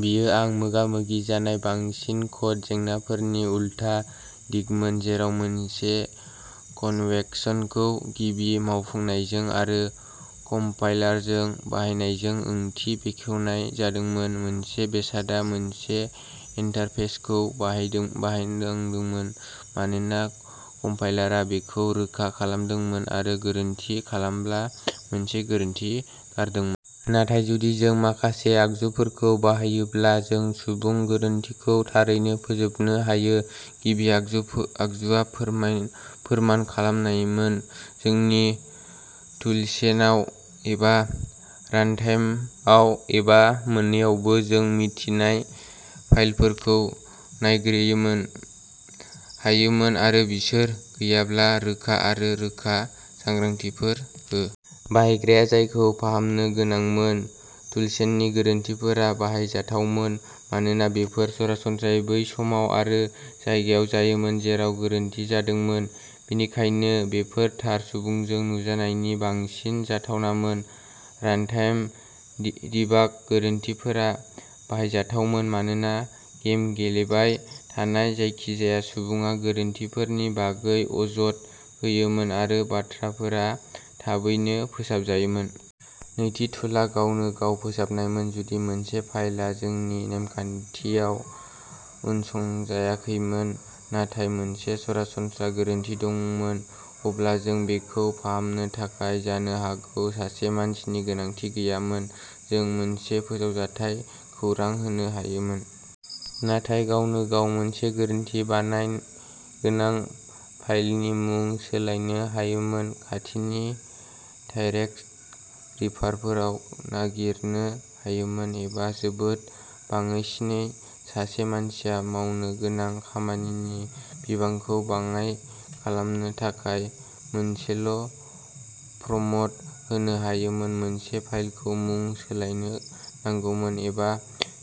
बेयो आं मोगा-मोगि जानाय बांसिन क'ड जेंनाफोरनि उलथा दिगमोन, जेराव मोनसे कन्वेकशनखौ गिबि मावफुंनायजों आरो कम्पाइलारजों बाहायजानायजों ओंथि बेखेवनाय जादोंमोन। मोनसे बेसादआ मोनसे इन्टारफेसखौ बाहायदों बाहायदोंनांदोंमोन मानोना कम्पाइलारआ बेखौ रोखा खालामदोंमोन, आरो गोरोन्थि खालामब्ला मोनसे गोरोन्थि गारदोंमोन। नाथाय जुदि जों माखासे आगजुफोरखौ बाहायोब्ला जों सुबुं गोरोन्थिखौ थारैनो फोजोबनो हायो। गिबि आगजुफो आगजुआ फोरमान खालामनायमोन। जोंनि टुलचेनआव, एबा रानटाइमआव, एबा मोन्नैआवबो, जों मिथिनाय फाइलफोरखौ नायग्रोयोमोन हायोमोन, आरो बिसोर गैयाब्ला, रोखा आरो रोखा सांग्रांथिफोर हो। बाहायग्राया जायखौ फाहामनो गोनांमोन। टुलचेन गोरोन्थिफोरा बाहायजाथावमोन मानोना बेफोर सरासनस्रायै बै समाव आरो जायगायाव जायोमोन जेराव गोरोन्थि जादोंमोन, बेनिखायनो बेफोर थार सुबुंजों नुजानायनि बांसिन जाथावनामोन। रानटाइम डि डिबाग गोरोन्थिफोरा बाहायजाथावमोन मानोना गेम गेलेबाय थानाय जायखिजाया सुबुङा गोरोन्थिफोरनि बागै अजद होयोमोन, आरो बाथ्राफोरा थाबैनो फोसाबजायोमोन। नैथि टुलआ गावनो गाव फोसाबनायमोन। जुदि मोनसे फाइलआ जोंनि नेमखान्थियाव उनसंजायाखैमोन नाथाय मोनसे सरासनस्रा गोरोन्थि दंमोन, अब्ला जों बेखौ फाहामनो थाखाय जानो हागौ सासे मानसिनि गोनांथि गैयामोन। जों मोनसे फोसावजाथाय खौरां होनो हायोमोन। नाथाय गावनो गाव मोनसे गोरोन्थि बानायन गोनां फाइलनि मुं सोलायनो हायोमोन, खाथिनि थाइरेक्स'रिफारफोराव नागिरनो हायोमोन, एबा जोबोद बाङाइसिनै, सासे मानसिया मावनो गोनां खामानिनि बिबांखौ बाङाय खालामनो थाखाय मोनसेल' प्रमट होनो हायोमोन, मोनसे फाइलखौ मुं सोलायनो नांगौमोन, एबा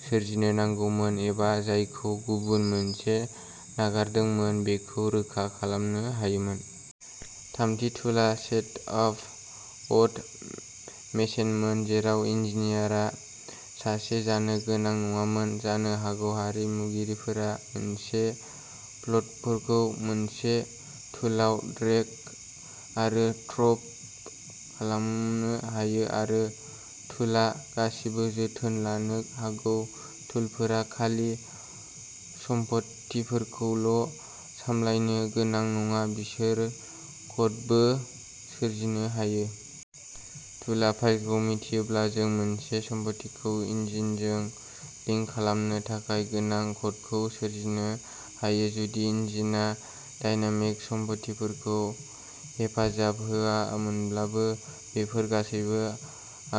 सोरजिनो नांगौमोन, एबा जायखौ गुबुन मोनसे नागारदोंमोन बेखौ रोखा खालामनो हायोमोन। थामथि टुलआ सेटआप अटमेसनमोन, जेराव इन्जिनियारआ सासे जानो गोनां नङामोन। जानो हागौ हारिमुगिरिफोरा मोनसे फ्लडफोरखौ मोनसे टुलआव ड्रेग आरो ड्रप खालामनो हायो, आरो टुलआ गासिबो जोथोन लानो हागौ। टुलफोरा खालि सम्फथिफोरखौल' सामलायनो गोनां नङा, बिसोरो क'डबो सोरजिनो हायो। टुलआ फाइलखौ मिन्थियोब्ला, जों मोनसे सम्फथिखौ इन्जिनजों लिंक खालामनो थाखाय गोनां क'डखौ सोरजिनो हायो, जुदि इन्जिनआ डायनामिक सम्फथिफोरखौ हेफाजाब होआमोनब्लाबो। बेफोर गासैबो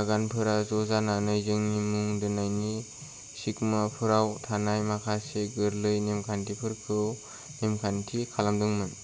आगानफोरा ज' जानानै जोंनि मुं दोननायनि सिकमाफोराव थानाय माखासे गोरलै नेमखान्थिफोरखौ नेमखान्थि खालामदोंमोन।